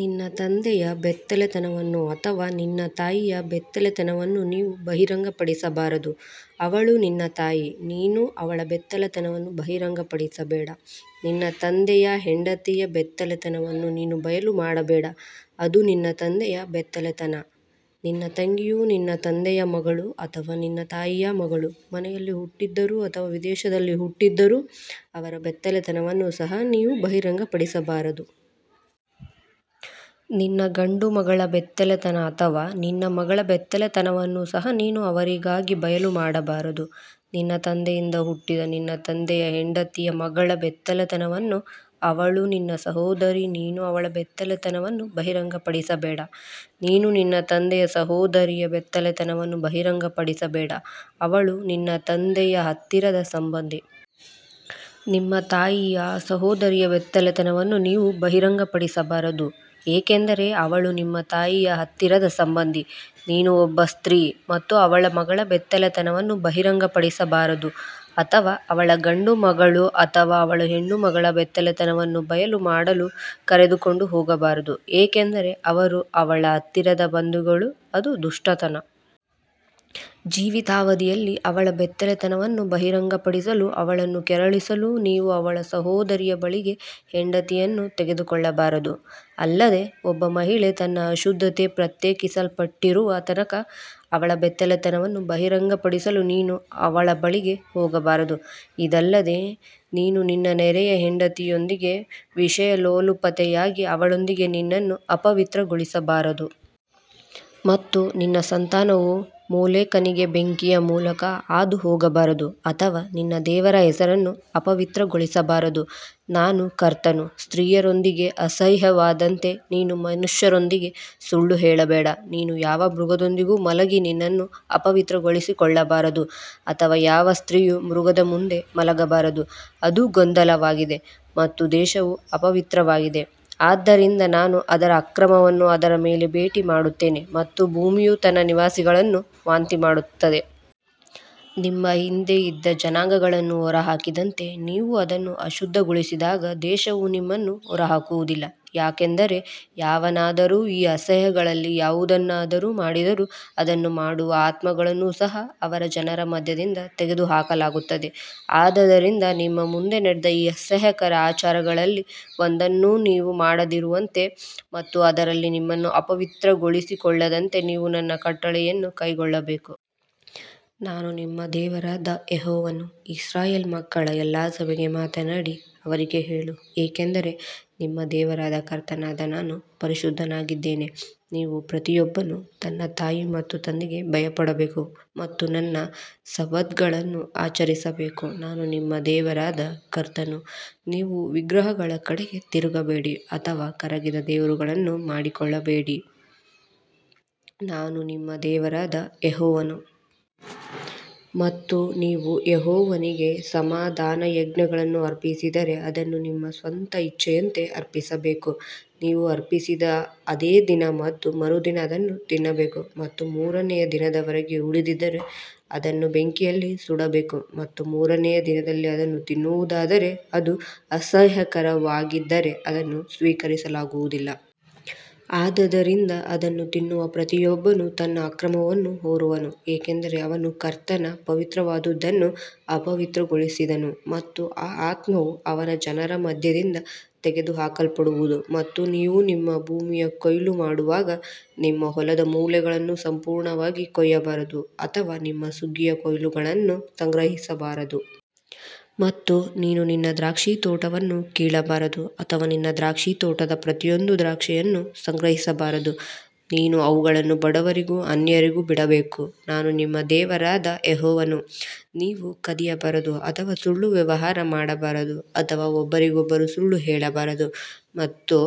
ನಿನ್ನ ತಂದೆಯ ಬೆತ್ತಲೆತನವನ್ನು ಅಥವಾ ನಿನ್ನ ತಾಯಿಯ ಬೆತ್ತಲೆತನವನ್ನು ನೀವು ಬಹಿರಂಗಪಡಿಸಬಾರದು ಅವಳು ನಿನ್ನ ತಾಯಿ ನೀನು ಅವಳ ಬೆತ್ತಲೆತನವನ್ನು ಬಹಿರಂಗಪಡಿಸಬೇಡ ನಿನ್ನ ತಂದೆಯ ಹೆಂಡತಿಯ ಬೆತ್ತಲೆತನವನ್ನು ನೀನು ಬಯಲು ಮಾಡಬೇಡ ಅದು ನಿನ್ನ ತಂದೆಯ ಬೆತ್ತಲೆತನ. ನಿನ್ನ ತಂಗಿಯು ನಿನ್ನ ತಂದೆಯ ಮಗಳು ಅಥವಾ ನಿನ್ನ ತಾಯಿಯ ಮಗಳು ಮನೆಯಲ್ಲಿ ಹುಟ್ಟಿದ್ದರೂ ಅಥವಾ ವಿದೇಶದಲ್ಲಿ ಹುಟ್ಟಿದ್ದರೂ ಅವರ ಬೆತ್ತಲೆತನವನ್ನು ಸಹ ನೀವು ಬಹಿರಂಗಪಡಿಸಬಾರದು. ನಿನ್ನ ಗಂಡು ಮಗಳ ಬೆತ್ತಲೆತನ ಅಥವಾ ನಿನ್ನ ಮಗಳ ಬೆತ್ತಲೆತನವನ್ನು ಸಹ ನೀನು ಅವರಿಗಾಗಿ ಬಯಲು ಮಾಡಬಾರದು. ನಿನ್ನ ತಂದೆಯಿಂದ ಹುಟ್ಟಿದ ನಿನ್ನ ತಂದೆಯ ಹೆಂಡತಿಯ ಮಗಳ ಬೆತ್ತಲೆತನವನ್ನು ಅವಳು ನಿನ್ನ ಸಹೋದರಿ ನೀನು ಅವಳ ಬೆತ್ತಲೆತನವನ್ನು ಬಹಿರಂಗಪಡಿಸಬೇಡ. ನೀನು ನಿನ್ನ ತಂದೆಯ ಸಹೋದರಿಯ ಬೆತ್ತಲೆತನವನ್ನು ಬಹಿರಂಗಪಡಿಸಬೇಡ ಅವಳು ನಿನ್ನ ತಂದೆಯ ಹತ್ತಿರದ ಸಂಬಂಧಿ. ನಿಮ್ಮ ತಾಯಿಯ ಸಹೋದರಿಯ ಬೆತ್ತಲೆತನವನ್ನು ನೀವು ಬಹಿರಂಗಪಡಿಸಬಾರದು ಏಕೆಂದರೆ ಅವಳು ನಿಮ್ಮ ತಾಯಿಯ ಹತ್ತಿರದ ಸಂಬಂಧಿ. ನೀನು ಒಬ್ಬ ಸ್ತ್ರೀ ಮತ್ತು ಅವಳ ಮಗಳ ಬೆತ್ತಲೆತನವನ್ನು ಬಹಿರಂಗಪಡಿಸಬಾರದು ಅಥವಾ ಅವಳ ಗಂಡು ಮಗಳು ಅಥವಾ ಅವಳ ಹೆಣ್ಣು ಮಗಳ ಬೆತ್ತಲೆತನವನ್ನು ಬಯಲು ಮಾಡಲು ಕರೆದುಕೊಂಡು ಹೋಗಬಾರದು ಏಕೆಂದರೆ ಅವರು ಅವಳ ಹತ್ತಿರದ ಬಂಧುಗಳು ಅದು ದುಷ್ಟತನ. ಜೀವಿತಾವಧಿಯಲ್ಲಿ ಅವಳ ಬೆತ್ತಲೆತನವನ್ನು ಬಹಿರಂಗಪಡಿಸಲು ಅವಳನ್ನು ಕೆರಳಿಸಲು ನೀವು ಅವಳ ಸಹೋದರಿಯ ಬಳಿಗೆ ಹೆಂಡತಿಯನ್ನು ತೆಗೆದುಕೊಳ್ಳಬಾರದು. ಅಲ್ಲದೆ ಒಬ್ಬ ಮಹಿಳೆ ತನ್ನ ಅಶುದ್ಧತೆಗೆ ಪ್ರತ್ಯೇಕಿಸಲ್ಪಟ್ಟಿರುವ ತನಕ ಅವಳ ಬೆತ್ತಲೆತನವನ್ನು ಬಹಿರಂಗಪಡಿಸಲು ನೀನು ಅವಳ ಬಳಿಗೆ ಹೋಗಬಾರದು. ಇದಲ್ಲದೆ ನೀನು ನಿನ್ನ ನೆರೆಯ ಹೆಂಡತಿಯೊಂದಿಗೆ ವಿಷಯಲೋಲುಪತೆಯಾಗಿ ಅವಳೊಂದಿಗೆ ನಿನ್ನನ್ನು ಅಪವಿತ್ರಗೊಳಿಸಬಾರದು. ಮತ್ತು ನಿನ್ನ ಸಂತಾನವು ಮೋಲೆಕನಿಗೆ ಬೆಂಕಿಯ ಮೂಲಕ ಹಾದು ಹೋಗಬಾರದು ಅಥವಾ ನಿನ್ನ ದೇವರ ಹೆಸರನ್ನು ಅಪವಿತ್ರಗೊಳಿಸಬಾರದು ನಾನು ಕರ್ತನು. ಸ್ತ್ರೀಯರೊಂದಿಗೆ ಅಸಹ್ಯವಾದಂತೆ ನೀನು ಮನುಷ್ಯರೊಂದಿಗೆ ಸುಳ್ಳು ಹೇಳಬೇಡ. ನೀನು ಯಾವ ಮೃಗದೊಂದಿಗೂ ಮಲಗಿ ನಿನ್ನನ್ನು ಅಪವಿತ್ರಗೊಳಿಸಿಕೊಳ್ಳಬಾರದು ಅಥವಾ ಯಾವ ಸ್ತ್ರೀಯು ಮೃಗದ ಮುಂದೆ ಮಲಗಬಾರದು ಅದು ಗೊಂದಲವಾಗಿದೆ ಮತ್ತು ದೇಶವು ಅಪವಿತ್ರವಾಗಿದೆ ಆದ್ದರಿಂದ ನಾನು ಅದರ ಅಕ್ರಮವನ್ನು ಅದರ ಮೇಲೆ ಭೇಟಿ ಮಾಡುತ್ತೇನೆ ಮತ್ತು ಭೂಮಿಯು ತನ್ನ ನಿವಾಸಿಗಳನ್ನು ವಾಂತಿಮಾಡುತ್ತದೆ. ನಿಮ್ಮ ಹಿಂದೆ ಇದ್ದ ಜನಾಂಗಗಳನ್ನು ಹೊರಹಾಕಿದಂತೆ ನೀವು ಅದನ್ನು ಅಶುದ್ಧಗೊಳಿಸಿದಾಗ ದೇಶವು ನಿಮ್ಮನ್ನು ಹೊರಹಾಕುವುದಿಲ್ಲ. ಯಾಕಂದರೆ ಯಾವನಾದರೂ ಈ ಅಸಹ್ಯಗಳಲ್ಲಿ ಯಾವುದನ್ನಾದರೂ ಮಾಡಿದರೂ ಅದನ್ನು ಮಾಡುವ ಆತ್ಮಗಳನ್ನು ಸಹ ಅವರ ಜನರ ಮಧ್ಯದಿಂದ ತೆಗೆದುಹಾಕಲಾಗುತ್ತದೆ. ಆದದರಿಂದ ನಿಮ್ಮ ಮುಂದೆ ನಡೆದ ಈ ಅಸಹ್ಯಕರ ಆಚಾರಗಳಲ್ಲಿ ಒಂದನ್ನೂ ನೀವು ಮಾಡದಿರುವಂತೆ ಮತ್ತು ಅದರಲ್ಲಿ ನಿಮ್ಮನ್ನು ಅಪವಿತ್ರಗೊಳಿಸಿಕೊಳ್ಳದಂತೆ ನೀವು ನನ್ನ ಕಟ್ಟಳೆಯನ್ನು ಕೈಕೊಳ್ಳಬೇಕು. ನಾನು ನಿಮ್ಮ ದೇವರಾದ ಯೆಹೋವನು. ಇಸ್ರಾಯೇಲ್ ಮಕ್ಕಳ ಎಲ್ಲಾ ಸಭೆಗೆ ಮಾತನಾಡಿ ಅವರಿಗೆ ಹೇಳು ಏಕೆಂದರೆ ನಿಮ್ಮ ದೇವರಾದ ಕರ್ತನಾದ ನಾನು ಪರಿಶುದ್ಧನಾಗಿದ್ದೇನೆ. ನೀವು ಪ್ರತಿಯೊಬ್ಬನು ತನ್ನ ತಾಯಿ ಮತ್ತು ತಂದೆಗೆ ಭಯಪಡಬೇಕು ಮತ್ತು ನನ್ನ ಸಬ್ಬತ್ಗಳನ್ನು ಆಚರಿಸಬೇಕು ನಾನು ನಿಮ್ಮ ದೇವರಾದ ಕರ್ತನು. ನೀವು ವಿಗ್ರಹಗಳ ಕಡೆಗೆ ತಿರುಗಬೇಡಿ ಅಥವಾ ಕರಗಿದ ದೇವರುಗಳನ್ನು ಮಾಡಿಕೊಳ್ಳಬೇಡಿ ನಾನು ನಿಮ್ಮ ದೇವರಾದ ಯೆಹೋವನು. ಮತ್ತು ನೀವು ಯೆಹೋವನಿಗೆ ಸಮಾಧಾನಯಜ್ಞಗಳನ್ನು ಅರ್ಪಿಸಿದರೆ ಅದನ್ನು ನಿಮ್ಮ ಸ್ವಂತ ಇಚ್ಛೆಯಂತೆ ಅರ್ಪಿಸಬೇಕು. ನೀವು ಅರ್ಪಿಸಿದ ಅದೇ ದಿನ ಮತ್ತು ಮರುದಿನ ಅದನ್ನು ತಿನ್ನಬೇಕು ಮತ್ತು ಮೂರನೆಯ ದಿನದವರೆಗೆ ಉಳಿದಿದ್ದರೆ ಅದನ್ನು ಬೆಂಕಿಯಲ್ಲಿ ಸುಡಬೇಕು. ಮತ್ತು ಮೂರನೆಯ ದಿನದಲ್ಲಿ ಅದನ್ನು ತಿನ್ನುವುದಾದರೆ ಅದು ಅಸಹ್ಯಕರವಾಗಿದ್ದರೆ ಅದನ್ನು ಸ್ವೀಕರಿಸಲಾಗುವುದಿಲ್ಲ. ಆದದರಿಂದ ಅದನ್ನು ತಿನ್ನುವ ಪ್ರತಿಯೊಬ್ಬನು ತನ್ನ ಅಕ್ರಮವನ್ನು ಹೊರುವನು ಏಕೆಂದರೆ ಅವನು ಕರ್ತನ ಪವಿತ್ರವಾದದ್ದನ್ನು ಅಪವಿತ್ರಗೊಳಿಸಿದನು ಮತ್ತು ಆ ಆತ್ಮವು ಅವನ ಜನರ ಮಧ್ಯದಿಂದ ತೆಗೆದುಹಾಕಲ್ಪಡುವದು. ಮತ್ತು ನೀವು ನಿಮ್ಮ ಭೂಮಿಯ ಕೊಯ್ಲು ಮಾಡುವಾಗ ನಿಮ್ಮ ಹೊಲದ ಮೂಲೆಗಳನ್ನು ಸಂಪೂರ್ಣವಾಗಿ ಕೊಯ್ಯಬಾರದು ಅಥವಾ ನಿಮ್ಮ ಸುಗ್ಗಿಯ ಕೊಯ್ಲುಗಳನ್ನು ಸಂಗ್ರಹಿಸಬಾರದು. ಮತ್ತು ನೀನು ನಿನ್ನ ದ್ರಾಕ್ಷಿತೋಟವನ್ನು ಕೀಳಬಾರದು ಅಥವಾ ನಿನ್ನ ದ್ರಾಕ್ಷಿತೋಟದ ಪ್ರತಿಯೊಂದು ದ್ರಾಕ್ಷಿಯನ್ನು ಸಂಗ್ರಹಿಸಬಾರದು ನೀನು ಅವುಗಳನ್ನು ಬಡವರಿಗೂ ಅನ್ಯರಿಗೂ ಬಿಡಬೇಕು ನಾನು ನಿಮ್ಮ ದೇವರಾದ ಯೆಹೋವನು. ನೀವು ಕದಿಯಬಾರದು ಅಥವಾ ಸುಳ್ಳು ವ್ಯವಹಾರ ಮಾಡಬಾರದು ಅಥವಾ ಒಬ್ಬರಿಗೊಬ್ಬರು ಸುಳ್ಳು ಹೇಳಬಾರದು. ಮತ್ತು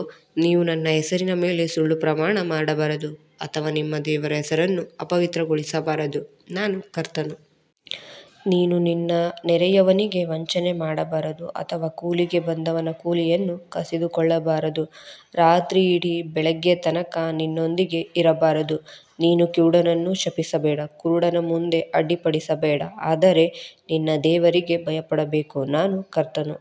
ನೀವು ನನ್ನ ಹೆಸರಿನ ಮೇಲೆ ಸುಳ್ಳು ಪ್ರಮಾಣ ಮಾಡಬಾರದು ಅಥವಾ ನಿಮ್ಮ ದೇವರ ಹೆಸರನ್ನು ಅಪವಿತ್ರಗೊಳಿಸಬಾರದು ನಾನು ಕರ್ತನು. ನೀನು ನಿನ್ನ ನೆರೆಯವನಿಗೆ ವಂಚನೆ ಮಾಡಬಾರದು ಅಥವಾ ಕೂಲಿಗೆ ಬಂದವನ ಕೂಲಿಯನ್ನು ಕಸಿದುಕೊಳ್ಳಬಾರದು ರಾತ್ರಿಯಿಡೀ ಬೆಳಿಗ್ಗೆ ತನಕ ನಿನ್ನೊಂದಿಗೆ ಇರಬಾರದು. ನೀನು ಕಿವುಡನನ್ನು ಶಪಿಸಬೇಡ ಕುರುಡನ ಮುಂದೆ ಅಡ್ಡಿಪಡಿಸಬೇಡ ಆದರೆ ನಿನ್ನ ದೇವರಿಗೆ ಭಯಪಡಬೇಕು ನಾನು ಕರ್ತನು.